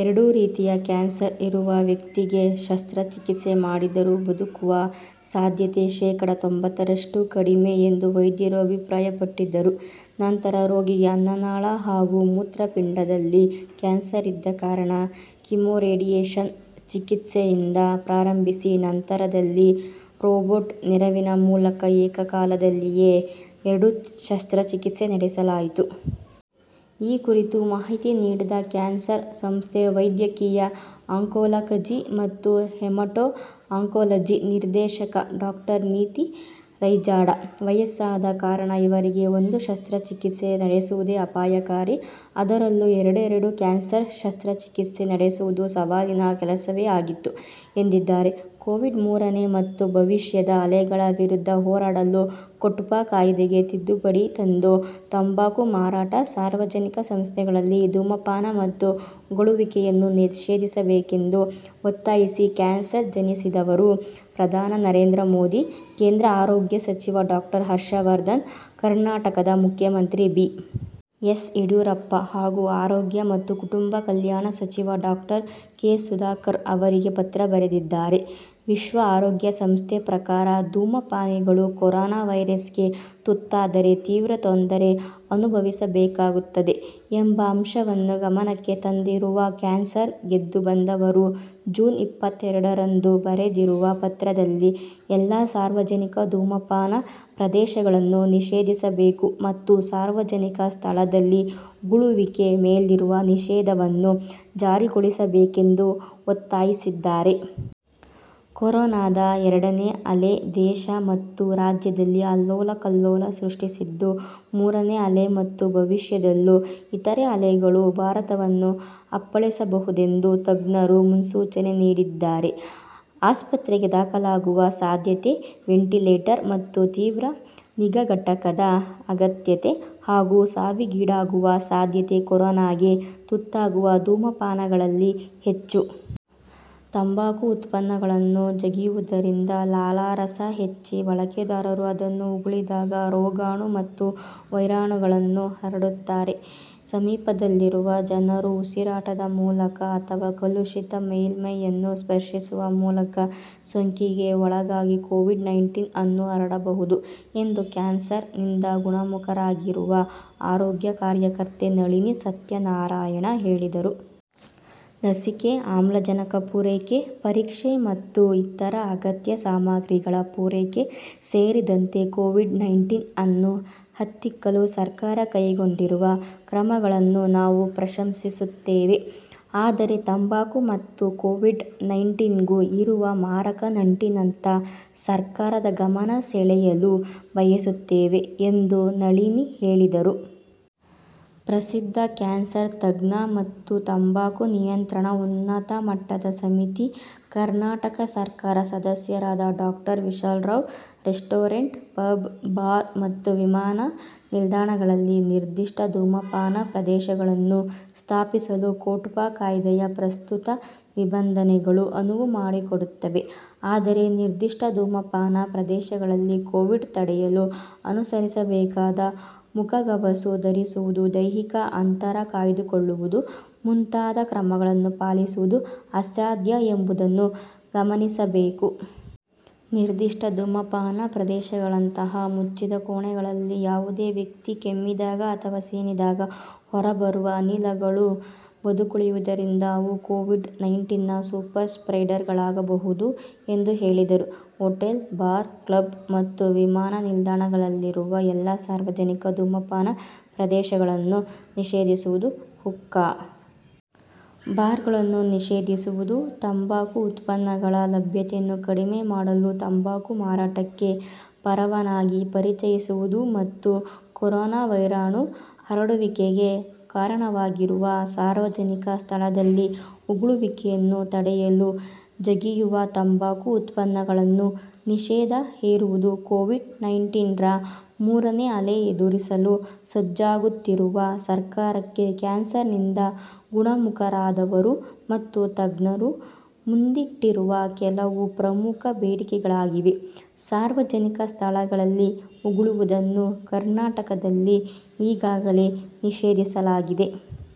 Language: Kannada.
ಎರಡು ರೀತಿಯ ಕ್ಯಾನ್ಸರ್ ಇರುವ ವ್ಯಕ್ತಿಗೆ ಶಸ್ತ್ರಚಿಕಿತ್ಸೆ ಮಾಡಿದರೂ ಬದುಕುವ ಸಾಧ್ಯತೆ ಶೇಕಡಾ ತೊಂಬತ್ತರಷ್ಟು ಕಡಿಮೆ ಎಂದು ವೈದ್ಯರು ಅಭಿಪ್ರಾಯಪಟ್ಟಿದ್ದರು. ನಂತರ, ರೋಗಿಗೆ ಅನ್ನನಾಳ ಹಾಗೂ ಮೂತ್ರಪಿಂಡದಲ್ಲಿ ಕ್ಯಾನ್ಸರ್ ಇದ್ದ ಕಾರಣ ಕಿಮೋರೇಡಿಯೇಶನ್ ಚಿಕಿತ್ಸೆಯಿಂದ ಪ್ರಾರಂಭಿಸಿ, ನಂತರದಲ್ಲಿ ರೋಬೋಟ್ ನೆರವಿನ ಮೂಲಕ ಏಕಕಾಲದಲ್ಲಿಯೇ ಎರಡೂ ಶಸ್ತ್ರಚಿಕಿತ್ಸೆ ನಡೆಸಲಾಯಿತು. ಈ ಕುರಿತು ಮಾಹಿತಿ ನೀಡಿದ ಕ್ಯಾನ್ಸರ್ ಸಂಸ್ಥೆ ವೈದ್ಯಕೀಯ ಆಂಕೋಲಕಜಿ ಮತ್ತು ಹೆಮಟೋ ಆಂಕೋಲಜಿ ನಿರ್ದೇಶಕ ಡಾಕ್ಟರ್ ನಿತಿ ರೈಜಾಡಾ, ವಯಸ್ಸಾದ ಕಾರಣ ಇವರಿಗೆ ಒಂದು ಶಸ್ತ್ರಚಿಕಿತ್ಸೆ ನಡೆಸುವುದೇ ಅಪಾಯಕಾರಿ. ಅದರಲ್ಲೂ ಎರಡೆರಡು ಕ್ಯಾನ್ಸರ್ ಶಸ್ತ್ರಚಿಕಿತ್ಸೆ ನಡೆಸುವುದು ಸವಾಲಿನ ಕೆಲಸವೇ ಆಗಿತ್ತು ಎಂದಿದ್ದಾರೆ. ಕೋವಿಡ್ ಮೂರನೇ ಮತ್ತು ಭವಿಷ್ಯದ ಅಲೆಗಳ ವಿರುದ್ಧ ಹೋರಾಡಲು ಕೋಟ್ಪಾ ಕಾಯ್ದೆಗೆ ತಿದ್ದುಪಡಿ ತಂದು ತಂಬಾಕು ಮಾರಾಟ, ಸಾರ್ವಜನಿಕ ಸ್ಥಳಗಳಲ್ಲಿ ಧೂಮಪಾನ ಮತ್ತು ಉಗುಳುವಿಕೆಯನ್ನು ನಿಷೇಧಿಸಬೇಕೆಂದು ಒತ್ತಾಯಿಸಿ ಕ್ಯಾನ್ಸರ್ ಜಯಿಸಿದವರು ಪ್ರಧಾನಿ ನರೇಂದ್ರ ಮೋದಿ, ಕೇಂದ್ರ ಆರೋಗ್ಯ ಸಚಿವ ಡಾಕ್ಟರ್ ಹರ್ಷವರ್ಧನ್, ಕರ್ನಾಟಕದ ಮುಖ್ಯಮಂತ್ರಿ ಬಿ. ಎಸ್. ಯಡಿಯೂರಪ್ಪ ಹಾಗು ಆರೋಗ್ಯ ಮತ್ತು ಕುಟುಂಬ ಕಲ್ಯಾಣ ಸಚಿವ ಡಾಕ್ಟರ್ ಕೆ. ಸುಧಾಕರ್ ಅವರಿಗೆ ಪತ್ರ ಬರೆದಿದ್ದಾರೆ. ವಿಶ್ವ ಆರೋಗ್ಯ ಸಂಸ್ಥೆ ಪ್ರಕಾರ ಧೂಮಪಾನಿಗಳು ಕೊರೊನ ವೈರಸ್ ಗೆ ತುತ್ತಾದರೆ ತೀವ್ರ ತೊಂದರೆ ಅನುಭವಿಸಬೇಕಾಗುತ್ತದೆ ಎಂಬ ಅಂಶವನ್ನು ಗಮನಕ್ಕೆ ತಂದಿರುವ ಕ್ಯಾನ್ಸರ್ ಗೆದ್ದು ಬಂದವರು, ಜೂನ್ ಇಪ್ಪತ್ತೆರಡರಂದು ಬರೆದಿರುವ ಪತ್ರದಲ್ಲಿ ಎಲ್ಲ ಸಾರ್ವಜನಿಕ ಧೂಮಪಾನ ಪ್ರದೇಶಗಳನ್ನು ನಿಷೇಧಿಸಬೇಕು ಮತ್ತು ಸಾರ್ವಜನಿಕ ಸ್ಥಳದಲ್ಲಿ ಉಗುಳುವಿಕೆ ಮೇಲಿರುವ ನಿಷೇಧವನ್ನು ಜಾರಿಗೊಳಿಸಬೇಕೆಂದು ಒತ್ತಾಯಿಸಿದ್ದಾರೆ. ಕೊರೊನದ ಎರಡನೇ ಅಲೆ ದೇಶ ಮತ್ತು ರಾಜ್ಯದಲ್ಲಿ ಅಲ್ಲೋಲಕಲ್ಲೋಲ ಸೃಷ್ಟಿಸಿದ್ದು, ಮೂರನೇ ಅಲೆ ಮತ್ತು ಭವಿಷ್ಯದಲ್ಲೂ ಇತರೆ ಅಲೆಗಳು ಭಾರತವನ್ನು ಅಪ್ಪಳಿಸಬಹುದೆಂದು ತಜ್ಞರು ಮುನ್ಸೂಚನೆ ನೀಡಿದ್ದಾರೆ. ಆಸ್ಪತ್ರೆಗೆ ದಾಖಲಾಗುವ ಸಾಧ್ಯತೆ, ವೆಂಟಿಲೇಟರ್ ಮತ್ತು ತೀವ್ರ ನಿಗಾ ಘಟಕದ ಅಗತ್ಯತೆ, ಹಾಗು ಸಾವಿಗೀಡಾಗುವ ಸಾಧ್ಯತೆ ಕೊರೋನಾಗೆ ತುತ್ತಾಗುವ ಧೂಮಪಾನಿಗಳಲ್ಲಿ ಹೆಚ್ಚು. ತಂಬಾಕು ಉತ್ಪನ್ನಗಳನ್ನು ಜಗಿಯುವುದರಿಂದ ಲಾಲಾರಸ ಹೆಚ್ಚಿ ಬಳಕೆದಾರರು ಅದನ್ನು ಉಗುಳಿದಾಗ ರೋಗಾಣು ಮತ್ತು ವೈರಾಣುಗಳನ್ನು ಹರಡುತ್ತಾರೆ. ಸಮೀಪದಲ್ಲಿರುವ ಜನರು ಉಸಿರಾಟದ ಮೂಲಕ ಅಥವಾ ಕಲುಷಿತ ಮೇಲ್ಮೈಯನ್ನು ಸ್ಪರ್ಶಿಸುವ ಮೂಲಕ ಸೋಂಕಿಗೆ ಒಳಗಾಗಿ ಕೋವಿಡ್ ನೈಂಟೀನ್ ಅನ್ನು ಹರಡಬಹುದು ಎಂದು ಕ್ಯಾನ್ಸರ್ ನಿಂದ ಗುಣಮುಖರಾಗಿರುವ ಆರೋಗ್ಯ ಕಾರ್ಯಕರ್ತೆ ನಳಿನಿ ಸತ್ಯನಾರಾಯಣ ಹೇಳಿದರು. ಲಸಿಕೆ, ಆಮ್ಲಜನಕ ಪೂರೈಕೆ, ಪರೀಕ್ಷೆ ಮತ್ತು ಇತರ ಅಗತ್ಯ ಸಾಮಗ್ರಿಗಳ ಪೂರೈಕೆ ಸೇರಿದಂತೆ ಕೋವಿಡ್ ನೈಂಟೀನ್ ಅನ್ನು ಹತ್ತಿಕ್ಕಲು ಸರ್ಕಾರ ಕೈಗೊಂಡಿರುವ ಕ್ರಮಗಳನ್ನು ನಾವು ಪ್ರಶಂಸಿಸುತ್ತೇವೆ. ಆದರೆ, ತಂಬಾಕು ಮತ್ತು ಕೋವಿಡ್ ನೈಂಟೀನ್ ಗೂ ಇರುವ ಮಾರಕ ನಂಟಿನತ್ತ ಸರ್ಕಾರದ ಗಮನ ಸೆಳೆಯಲು ಬಯಸುತ್ತೇವೆ ಎಂದೂ ನಳಿನಿ ಹೇಳಿದರು. ಪ್ರಸಿದ್ಧ ಕ್ಯಾನ್ಸರ್ ತಜ್ಞ ಮತ್ತು ತಂಬಾಕು ನಿಯಂತ್ರಣ ಉನ್ನತ ಮಟ್ಟದ ಸಮಿತಿ, ಕರ್ನಾಟಕ ಸರ್ಕಾರ, ಸದಸ್ಯರಾದ doctor Vishal Rao, restaurant, pub, bar ಮತ್ತು ವಿಮಾನ ನಿಲ್ದಾಣಗಳಲ್ಲಿ ನಿರ್ದಿಷ್ಟ ಧೂಮಪಾನ ಪ್ರದೇಶಗಳನ್ನು ಸ್ಥಾಪಿಸಲು ಕೋಟ್ಪಾ ಕಾಯ್ದೆಯ ಪ್ರಸ್ತುತ ನಿಬಂಧನೆಗಳು ಅನುವು ಮಾಡಿಕೊಡುತ್ತವೆ. ಆದರೆ, ನಿರ್ದಿಷ್ಟ ಧೂಮಪಾನ ಪ್ರದೇಶಗಳಲ್ಲಿ ಕೋವಿಡ್ ತಡೆಯಲು ಅನುಸರಿಸಬೇಕಾದ ಮುಖಗವಸು ಧರಿಸುವುದು, ದೈಹಿಕ ಅಂತರ ಕಾಯ್ದುಕೊಳ್ಳುವುದು ಮುಂತಾದ ಕ್ರಮಗಳನ್ನು ಪಾಲಿಸುವುದು ಅಸಾಧ್ಯ ಎಂಬುದನ್ನು ಗಮನಿಸಬೇಕು. ನಿರ್ದಿಷ್ಟ ಧೂಮಪಾನ ಪ್ರದೇಶಗಳಂತಹ ಮುಚ್ಚಿದ ಕೋಣೆಗಳಲ್ಲಿ ಯಾವುದೇ ವ್ಯಕ್ತಿ ಕೆಮ್ಮಿದಾಗ ಅಥವ ಸೀನಿದಾಗ ಹೊರಬರುವ ಹನಿಗಳು ಬದುಕುಳಿಯುವುದರಿಂದ ಅವು ಕೋವಿಡ್ ನೈಂಟೀನ್ ನ ಸೂಪರ್ ಸ್ಪ್ರೆಡರ್ಗಳಾಗಬಹುದು, ಎಂದು ಹೇಳಿದರು. ಹೋಟೆಲ್, ಬಾರ್, ಕ್ಲಬ್ ಮತ್ತು ವಿಮಾನ ನಿಲ್ದಾಣಗಳಲ್ಲಿರುವ ಎಲ್ಲ ಸಾರ್ವಜನಿಕ ಧೂಮಪಾನ ಪ್ರದೇಶಗಳನ್ನು ನಿಷೇಧಿಸುವುದು, ಹುಕ್ಕಾ ಬಾರ್ಗಳನ್ನು ನಿಷೇಧಿಸುವುದು, ತಂಬಾಕು ಉತ್ಪನ್ನಗಳ ಲಭ್ಯತೆಯನ್ನು ಕಡಿಮೆ ಮಾಡಲು ತಂಬಾಕು ಮಾರಾಟಕ್ಕೆ ಪರವಾನಗಿ ಪರಿಚಯಿಸುವುದು ಮತ್ತು ಕೊರೊನ ವೈರಾಣು ಹರಡುವಿಕೆಗೆ ಕಾರಣವಾಗಿರುವ ಸಾರ್ವಜನಿಕ ಸ್ಥಳದಲ್ಲಿ ಉಗುಳುವಿಕೆಯನ್ನು ತಡೆಯಲು ಜಗಿಯುವ ತಂಬಾಕು ಉತ್ಪನ್ನಗಳನ್ನು ನಿಷೇಧ ಹೇರುವುದು ಕೋವಿಡ್ ನೈಂಟೀನ್ ರ ಮೂರನೇ ಅಲೆ ಎದುರಿಸಲು ಸಜ್ಜಾಗುತ್ತಿರುವ ಸರ್ಕಾರಕ್ಕೆ ಕ್ಯಾನ್ಸರ್ ನಿಂದ ಗುಣಮುಖರಾದವರು ಮತ್ತು ತಜ್ಞರು ಮುಂದಿಟ್ಟಿರುವ ಕೆಲವು ಪ್ರಮುಖ ಬೇಡಿಕೆಗಳಾಗಿವೆ. ಸಾರ್ವಜನಿಕ ಸ್ಥಳಗಳಲ್ಲಿ ಉಗುಳುವುದನ್ನು ಕರ್ನಾಟಕದಲ್ಲಿ ಈಗಾಗಲೇ ನಿಷೇಧಿಸಲಾಗಿದೆ.